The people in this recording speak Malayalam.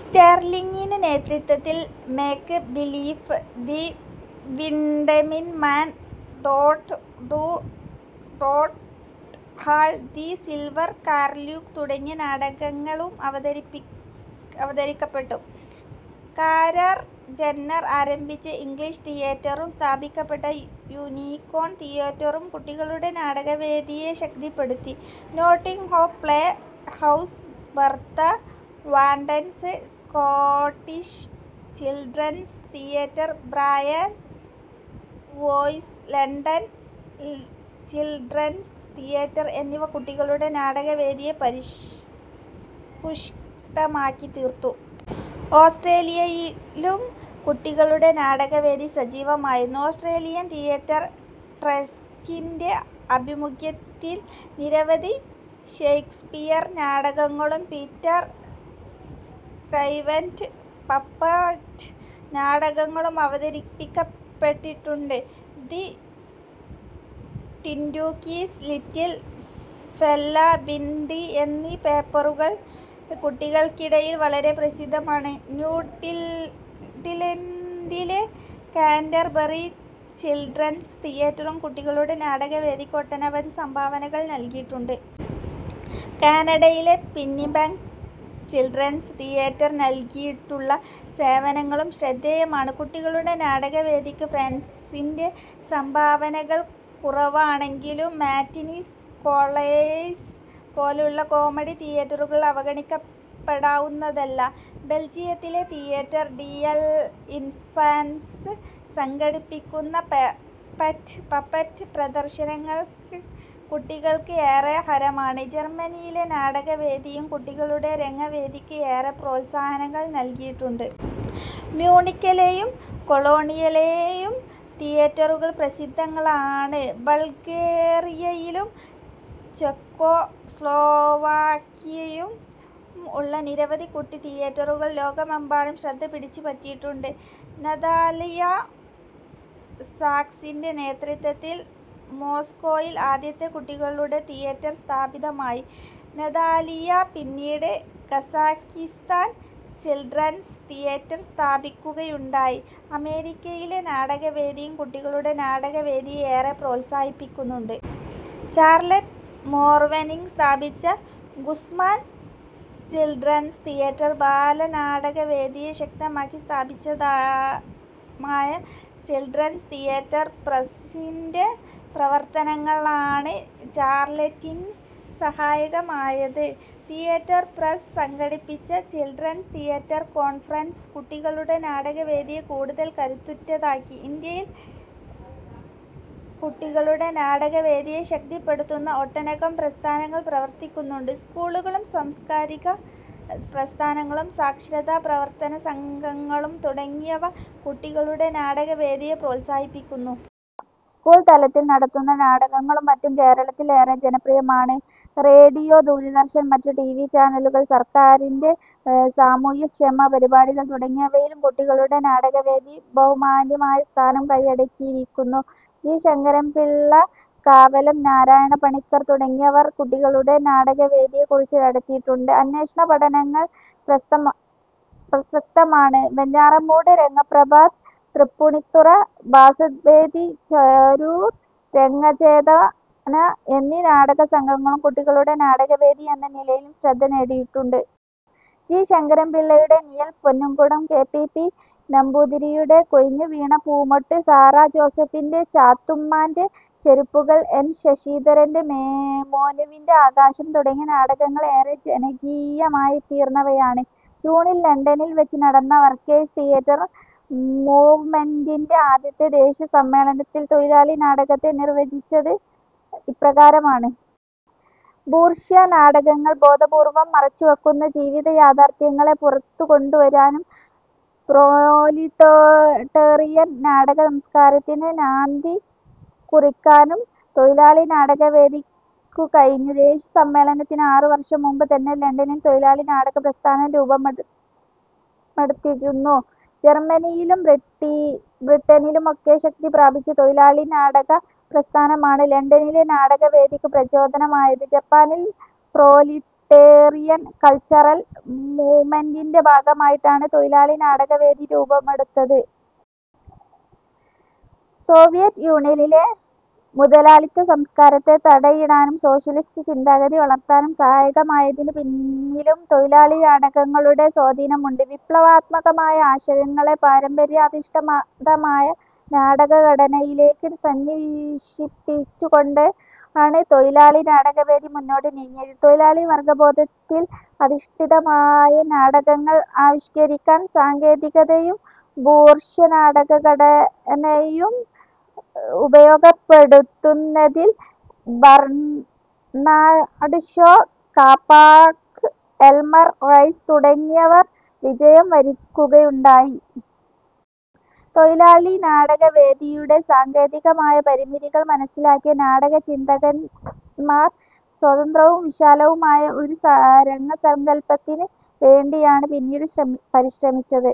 സ്റ്റെർലിങ്ങിൻ നേതൃത്വത്തിൽ make believe, the windmill man, Toad to Toad Hall, the silver curlew തുടങ്ങിയ നാടകങ്ങളും അവതരിക്കപ്പെട്ടു. കാരൽ ജന്നർ ആരംഭിച്ച ഇംഗ്ലീഷ് തിയേറ്ററും സ്ഥാപിക്കപ്പെട്ട യൂനിക്കോൺ തിയേറ്ററും കുട്ടികളുടെ നാടകവേദിയെ ശക്തിപ്പെടുത്തി. Nottingham play house, Bertha Wardens Scottish children's theatre, Brian Way's London children's theatre എന്നിവ കുട്ടികളുടെ നാടകവേദിയെ പരിപുഷ്ടമാക്കിത്തീർത്തു. ഓസ്ട്രേലിയയിലും കുട്ടികളുടെ നാടകവേദി സജീവമായിരുന്നു. ഓസ്ട്രേലിയൻ തിയേറ്റർ ട്രസ്റ്റിൻ്റെ അഭിമുഖ്യത്തിൽ നിരവധി ഷെയ്ക്സ്പിയർ നാടകങ്ങളും പീറ്റർ സ്ക്രൈവന്റ് പപ്പറ്റ് നാടകങ്ങളും അവതരിപ്പിക്കപ്പെട്ടിട്ടുണ്ട്. The Tintookies, little fella Bindi എന്നീ പപ്പറ്റുകൾ കുട്ടികൾക്കിടയിൽ വളരെ പ്രസിദ്ധമാണ്. ന്യൂസിലൻഡിലെ കാൻ്റർബറി ചിൽഡ്രൻസ് തിയേറ്ററും കുട്ടികളുടെ നാടകവേദിയ്ക്ക് ഒട്ടനവധി സംഭാവനകൾ നൽകിയിട്ടുണ്ട്. കാനഡയിലെ പിന്നിപെഗ് ചിൽഡ്രൻസ് തിയേറ്റർ നൽകിയിട്ടുള്ള സേവനങ്ങളും ശ്രദ്ധേയമാണ്. കുട്ടികളുടെ നാടകവേദിക്ക് ഫ്രാൻസിൻ്റെ സംഭാവനകൾ കുറവാണെങ്കിലും മാറ്റിനീസ് സ്കോളേഴ്സ് പോലുള്ള കോമഡി തിയേറ്ററുകൾ അവഗണിക്കപ്പെടാവുന്നതല്ല. ബെൽജിയത്തിലെ തിയേറ്റർ ഡി എൽ ഇൻഫൻസ് സംഘടിപ്പിക്കുന്ന പപ്പറ്റ് പ്രദർശനങ്ങൾ കുട്ടികൾക്ക് ഏറെ ഹരമാണ്. ജർമനിയിലെ നാടകവേദിയും കുട്ടികളുടെ രംഗവേദിക്ക് ഏറെ പ്രോത്സാഹനങ്ങൾ നൽകിയിട്ടുണ്ട്. മ്യൂണിക്കിലെയും കൊളോണിലെയും തിയേറ്ററുകൾ പ്രസിദ്ധങ്ങളാണ്. ബൾഗേറിയയിലും ചെക്കോസ്ലോവാക്യയിലും ഉള്ള നിരവധി കുട്ടി തിയേറ്ററുകൾ ലോകമെമ്പാടും ശ്രദ്ധ പിടിച്ചുപറ്റിയിട്ടുണ്ട്. നതാലിയ സാക്സിൻ്റെ നേതൃത്വത്തിൽ മോസ്കോയിൽ ആദ്യത്തെ കുട്ടികളുടെ തിയേറ്റർ സ്ഥാപിതമായി. നതാലിയ പിന്നീട് കസാക്കിസ്താൻ ചിൽഡ്രൻസ് തിയേറ്റർ സ്ഥാപിക്കുകയുണ്ടായി. അമേരിക്കയിലെ നാടകവേദിയും കുട്ടികളുടെ നാടകവേദിയെ ഏറെ പ്രോത്സാഹിപ്പിക്കുന്നുണ്ട്. ചാർലറ്റ് മോർവെനിങ് സ്ഥാപിച്ച ഗുസ്മാൻ ചിൽഡ്രൻസ് തിയേറ്റർ ബാലനാടകവേദിയെ ശക്തമാക്കി. സ്ഥാപിതമായ ചിൽഡ്രൻസ് തിയേറ്റർ പ്രസ്സിൻ്റെ പ്രവർത്തനങ്ങളാണ് ചാർലറ്റിന് സഹായകമായത്. തിയേറ്റർ പ്രസ് സംഘടിപ്പിച്ച ചിൽഡ്രൻസ് തിയേറ്റർ കോൺഫറൻസ്, കുട്ടികളുടെ നാടകവേദിയെ കൂടുതൽ കരുത്തുറ്റതാക്കി. ഇന്ത്യയിൽ, കുട്ടികളുടെ നാടകവേദിയെ ശക്തിപ്പെടുത്തുന്ന ഒട്ടനകം പ്രസ്ഥാനങ്ങൾ പ്രവർത്തിക്കുന്നുണ്ട്. സ്കൂളുകളും, സാംസ്കാരിക പ്രസ്ഥാനങ്ങളും, സാക്ഷരതാ പ്രവർത്തനസംഘങ്ങളും തുടങ്ങിയവ കുട്ടികളുടെ നാടകവേദിയെ പ്രോത്സാഹിപ്പിക്കുന്നു. സ്കൂൾ തലത്തിൽ നടത്തുന്ന നാടകങ്ങളും മറ്റും കേരളത്തിൽ ഏറെ ജനപ്രിയമാണ്. റേഡിയോ, ദൂരദർശൻ, മറ്റ് ടിവി ചാനലുകൾ, സർക്കാരിൻ്റെ സാമൂഹ്യക്ഷേമ പരിപാടികൾ തുടങ്ങിയവയിലും കുട്ടികളുടെ നാടകവേദി ബഹുമാന്യമായ സ്ഥാനം കയ്യടക്കിയിരിക്കുന്നു. ജി ശങ്കരപ്പിള്ള, കാവാലം നാരായണപ്പണിക്കർ തുടങ്ങിയവർ കുട്ടികളുടെ നാടകവേദിയെക്കുറിച്ച് നടത്തിയിട്ടുള്ള അന്വേഷണപഠനങ്ങൾ പ്രസക്തമാണ്. വെഞ്ഞാറമൂട് രംഗപ്രഭാത്, തൃപ്പൂണിത്തുറ ഭാസഭേരി, ചേരൂർ രംഗചേതന എന്നീ നാടകസംഘങ്ങൾ കുട്ടികളുടെ നാടകവേദി എന്ന നിലയിലും ശ്രദ്ധ നേടിയിട്ടുണ്ട്. ജി ശങ്കരപ്പിള്ളയുടെ Nizhal, Ponnumkudam, K P P നമ്പൂതിരിയുടെ കൊഴിഞ്ഞുവീണ പൂമൊട്ട്, സാറാ ജോസഫിൻ്റെ ചാത്തുമ്മാൻ്റെ ചെരുപ്പുകൾ, എൻ ശശിധരൻ്റെ മോനുവിൻ്റെ ആകാശം തുടങ്ങിയ നാടകങ്ങൾ ഏറെ ജനകീയമായിത്തീർന്നവയാണ്. ജൂണിൽ ലണ്ടനിൽ വെച്ചുനടന്ന വർക്കേഴ്സ് തിയേറ്റർ മൂവ്മെൻ്റിൻ്റെ ആദ്യത്തെ ദേശീയ സമ്മേളനത്തിൽ തൊഴിലാളി നാടകത്തെ നിർവചിച്ചത് ഇപ്രകാരമാണ്. ബൂർഷ്വാ നാടകങ്ങൾ ബോധപൂർവം മറച്ചുവെക്കുന്ന ജീവിത യാഥാർഥ്യങ്ങളെ പുറത്തുകൊണ്ടുവരാനും പ്രോലിട്ടേറിയൻ നാടക സംസ്കാരത്തിന് നാന്ദി കുറിക്കാനും തൊഴിലാളി നാടകവേദിക്കു കഴിഞ്ഞു. ദേശീയ സമ്മേളനത്തിന് ആറുവർഷം മുമ്പുതന്നെ ലണ്ടനിൽ തൊഴിലാളി നാടകപ്രസ്ഥാനം രൂപമെടുത്തിരുന്നു. ജർമനിയിലും ബ്രിട്ടീ ബ്രിട്ടനിലുമൊക്കെ ശക്തിപ്രാപിച്ച തൊഴിലാളിനാടക പ്രസ്ഥാനമാണ് ലണ്ടനിലെ നാടകവേദിക്കും പ്രചോദനമായത്. ജപ്പാനിൽ പ്രോലിട്ടേറിയൻ കൾച്ചറൽ മൂവ്മെൻ്റിൻ്റെ ഭാഗമായിട്ടാണ് തൊഴിലാളി നാടകവേദി രൂപമെടുത്തത്. സോവിയറ്റ് യൂണിയനിലെ മുതലാളിത്തസംസ്കാരത്തെ തടയിടാനും സോഷ്യലിസ്റ്റ് ചിന്താഗതി വളർത്താനും സഹായകമായതിന് പിന്നിലും തൊഴിലാളി നാടകങ്ങളുടെ സ്വാധീനമുണ്ട്. വിപ്ലവാത്മകമായ ആശയങ്ങളെ, പാരമ്പര്യാധിഷ്ഠിതമായ നാടകഘടനയിലേക്ക് സന്നിവേശിപ്പിച്ചുകൊണ്ടാണ് തൊഴിലാളി നാടകവേദി മുന്നോട്ട് നീങ്ങിയത്. തൊഴിലാളിവർഗബോധത്തിൽ അധിഷ്ഠിതമായ നാടകങ്ങൾ ആവിഷ്കരിക്കാൻ സാങ്കേതികതയും ബൂർഷ്വാനാടകഘടനയും ഉപയോഗപ്പെടുത്തുന്നതിൽ Bernard Shaw, Capek, Elmer Rice തുടങ്ങിയവർ വിജയം വരിക്കുകയുണ്ടായി. തൊഴിലാളിനാടകവേദിയുടെ സാങ്കേതികമായ പരിമിതികൾ മനസ്സിലാക്കിയ നാടക ചിന്തകന്മാർ, സ്വതന്ത്രവും വിശാലവുമായ ഒരു രംഗസങ്കൽപ്പത്തിന് വേണ്ടിയാണ് പിന്നീട് ശ്രം പരിശ്രമിച്ചത്.